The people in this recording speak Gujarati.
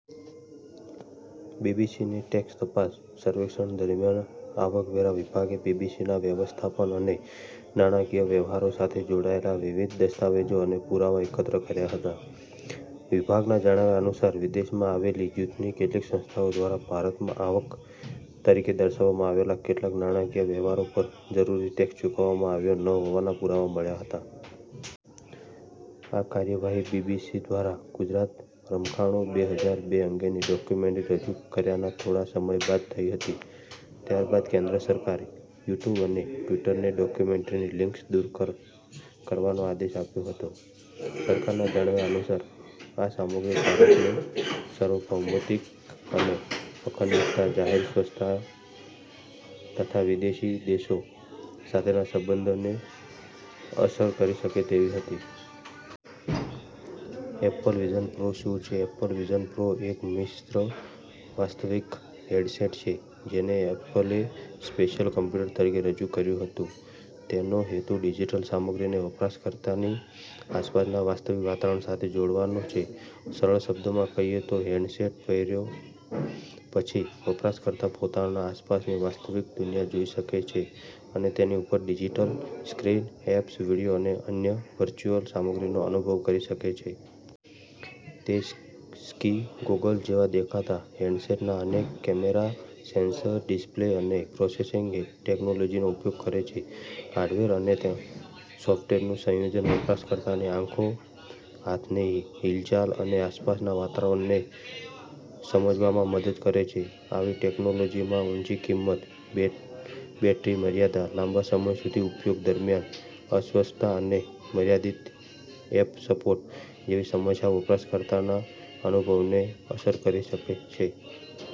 બીબીસીની ટેક્સ તપાસ સર્વેક્ષણ દરમિયાન આવકવેરા વિભાગે બીબીસીના વ્યવસ્થાપન અને નાણાકીય વ્યવહારો સાથે જોડાયેલા વિવિધ દસ્તાવેજો અને પુરાવા એકત્ર કર્યા હતા. વિભાગના જણાવ્યા અનુસાર, વિદેશમાં આવેલી જૂથની કેટલીક સંસ્થાઓ દ્વારા ભારતમાં આવક તરીકે દર્શાવવામાં આવેલા કેટલાક નાણાકીય વ્યવહારો પર જરૂરી ટેક્સ ચૂકવવામાં આવ્યો ન હોવાના પુરાવા મળ્યા હતા. આ કાર્યવાહી બીબીસી દ્વારા ગુજરાત રમખાણો, બે હજાર બે અંગેની ડોક્યુમેન્ટ્રી રજૂ કર્યાના થોડા સમય બાદ થઈ હતી. ત્યારબાદ કેન્દ્ર સરકારે યુટ્યુબ અને ટ્વિટરને ડોક્યુમેન્ટ્રીની લિંક્સ દૂર કરવાનો આદેશ આપ્યો હતો. સરકારના જણાવ્યા અનુસાર, આ સામગ્રી ભારતની સાર્વભૌમત્વ અને અખંડિતતા, જાહેર વ્યવસ્થા તથા વિદેશી દેશો સાથેના સંબંધોને અસર કરી શકે તેવી હતી. એપલ વિઝન પ્રો શું છે? એપલ વિઝન પ્રો એક મિશ્ર-વાસ્તવિકતા હેડસેટ છે, જેને એપલે “સ્પેશિયલ કમ્પ્યુટર” તરીકે રજૂ કર્યું હતું. તેનો હેતુ ડિજિટલ સામગ્રીને વપરાશકર્તાની આસપાસના વાસ્તવિક વાતાવરણ સાથે જોડવાનો છે. સરળ શબ્દોમાં કહીએ તો, હેડસેટ પહેર્યા પછી વપરાશકર્તા પોતાના આસપાસની વાસ્તવિક દુનિયા જોઈ શકે છે અને તેની ઉપર ડિજિટલ સ્ક્રીન, એપ્સ, વીડિયો અને અન્ય વર્ચ્યુઅલ સામગ્રીનો અનુભવ કરી શકે છે. તે સ્કી ગોગલ્સ જેવા દેખાતા હેડસેટમાં અનેક કેમેરા, સેન્સર્સ, ડિસ્પ્લે અને પ્રોસેસિંગ ટેક્નોલોજીનો ઉપયોગ કરે છે. હાર્ડવેર અને સોફ્ટવેરનું સંયોજન વપરાશકર્તાની આંખો, હાથની હિલચાલ અને આસપાસના વાતાવરણને સમજવામાં મદદ કરે છે. આવી ટેક્નોલોજીમાં ઊંચી કિંમત, બેટરી મર્યાદા, લાંબા સમય સુધી ઉપયોગ દરમિયાન અસ્વસ્થતા અને મર્યાદિત એપ સપોર્ટ જેવી સમસ્યાઓ વપરાશકર્તાના અનુભવને અસર કરી શકે છે.